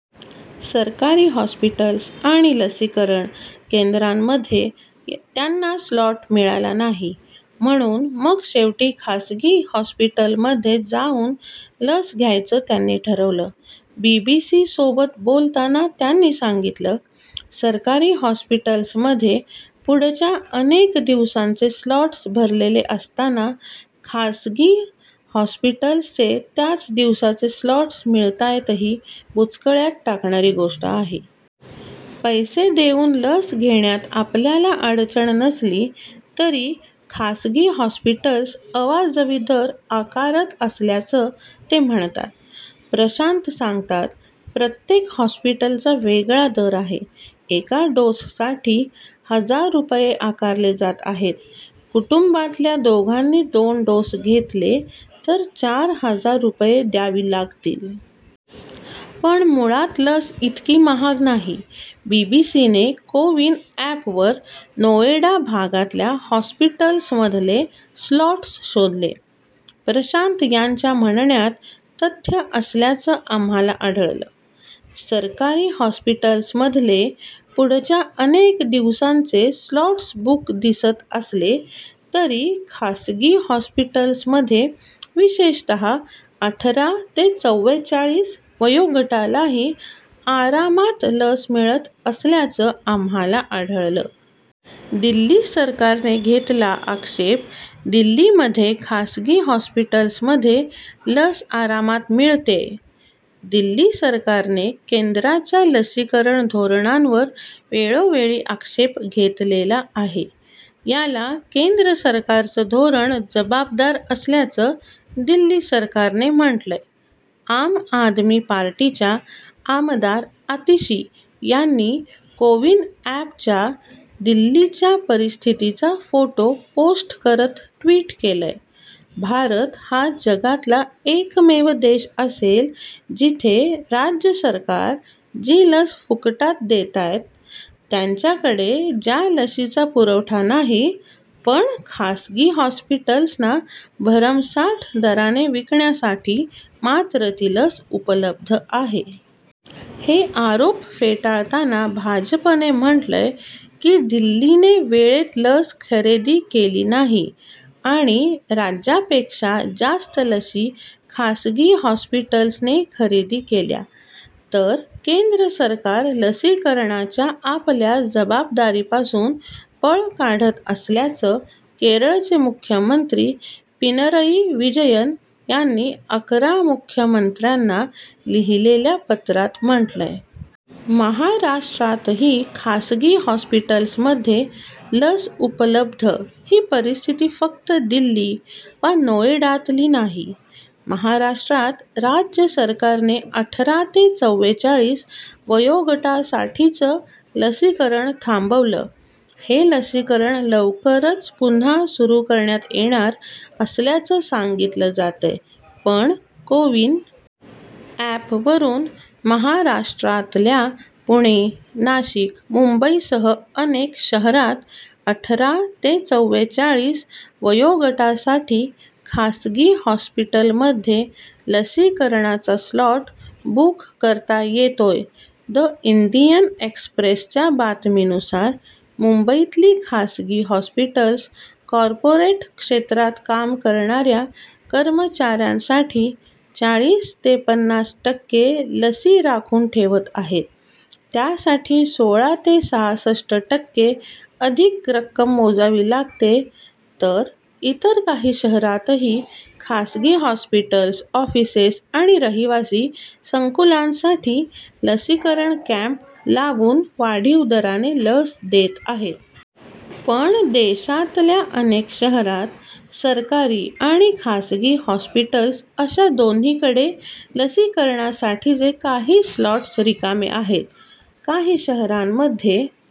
सरकारी हॉस्पिटल्स आणि लसीकरण केंद्रांमध्ये त्यांना स्लॉट मिळाला नाही. म्हणून मग शेवटी खासगी हॉस्पिटलमध्ये जाऊन लस घ्यायचं त्यांनी ठरवलं. बीबीसीसोबत बोलताना त्यांनी सांगितलं, सरकारी हॉस्पिटल्समध्ये पुढच्या अनेक दिवसांचे स्लॉट्स भरलेले असताना खासगी हॉस्पिटल्सचे त्याच दिवसाचे स्लॉट्स मिळतायतही बुचकळ्यात टाकणारी गोष्ट आहे. पैसे देऊन लस घेण्यात आपल्याला अडचण नसली तरी खासगी हॉस्पिटल्स अवाजवी दर आकारत असल्याचं ते म्हणतात. प्रशांत सांगतात, प्रत्येक हॉस्पिटलचा वेगळा दर आहे. एका डोससाठी हजार रुपये आकारले जात आहेत. कुटुंबातल्या दोघांनी दोन डोस घेतले तर चार हजार रुपये द्यावी लागतील. पण मुळात लस इतकी महाग नाही. बीबीसीने कोविन अँपवर नोएडा भागातल्या हॉस्पिटल्समधले स्लॉट्स शोधले. प्रशांत यांच्या म्हणण्यात तथ्य असल्याचं आम्हाला आढळलं. सरकारी हॉस्पिटल्समधले पुढच्या अनेक दिवसांचे स्लॉट्स बुक दिसत असले तरी खासगी हॉस्पिटल्समध्ये विशेषतः अठरा ते चव्वेचाळीस वयोगटालाही आरामात लस मिळत असल्याचं आम्हाला आढळलं. दिल्ली सरकारने घेतला आक्षेप दिल्लीमध्ये खासगी हॉस्पिटल्समध्ये लस आरामात मिळतेय. दिल्ली सरकारने केंद्राच्या लसीकरण धोरणांवर वेळोवेळी आक्षेप घेतलेला आहे. याला केंद्र सरकारचं धोरण जबाबदार असल्याचं दिल्ली सरकारने म्हटलंय. आम आदमी पार्टीच्या आमदार आतिशी यांनी कोविन अँपच्या दिल्लीच्या परिस्थितीचा फोटो पोस्ट करत ट्वीट केलंय, भारत हा जगातला एकमेव देश असेल जिथे राज्य सरकारं जी लस फुकटात देतायत, त्यांच्याकडे ज्या लशीचा पुरवठा नाही पण खासगी हॉस्पिटल्सना भरमसाठ दराने विकण्यासाठी मात्र ती लस उपलब्ध आहे. हे आरोप फेटाळताना भाजपने म्हटलंय की दिल्लीने वेळेत लस खरेदी केली नाही आणि राज्यापेक्षा जास्त लशी खासगी हॉस्पिटल्सनी खरेदी केल्या. तर केंद्र सरकार लसीकरणाच्या आपल्या जबाबदारीपासून पळ काढत असल्याचं केरळचे मुख्यमंत्री पिनरई विजयन यांनी अकरा मुख्यमंत्र्यांना लिहिलेल्या पत्रात म्हटलंय. महाराष्ट्रातही खासगी हॉस्पिटल्समध्ये लस उपलब्ध ही परिस्थिती फक्त दिल्ली वा नोएडातली नाही. महाराष्ट्रात राज्य सरकारने अठरा ते चव्वेचाळीस वयोगटासाठीचं लसीकरण थांबवलं हे लसीकरण लवकरच पुन्हा सुरू करण्यात येणार असल्याचं सांगितलं जातंय. पण कोविन अँपवरून महाराष्ट्रातल्या पुणे, नाशिक, मुंबईसह अनेक शहरांत अठरा ते चव्वेचाळीस वयोगटासाठी खासगी हॉस्पिटलमध्ये लसीकरणाचा स्लॉट बुक करता येतोय द इंडियन एक्स्प्रेसच्या बातमीनुसार मुंबईतली खासगी हॉस्पिटल्स कॉर्पोरेट क्षेत्रात काम करणाऱ्या कर्मचाऱ्यांसाठी चाळीस ते पन्नास टक्के लसी राखून ठेवत आहेत त्यासाठी सोळा ते सहासष्ट टक्के अधिक रक्कम मोजावी लागतेय तर इतर काही शहरांतही खासगी हॉस्पिटल्स ऑफिसेस आणि रहिवासी संकुलांसाठी लसीकरण कॅम्प लावून वाढीव दराने लस देत आहेत. पण देशातल्या अनेक शहरांत सरकारी आणि खासगी हॉस्पिटल्स अशा दोन्हीकडे लसीकरणासाठीचे काही स्लॉट्स रिकामे आहेत. काही शहरांमध्ये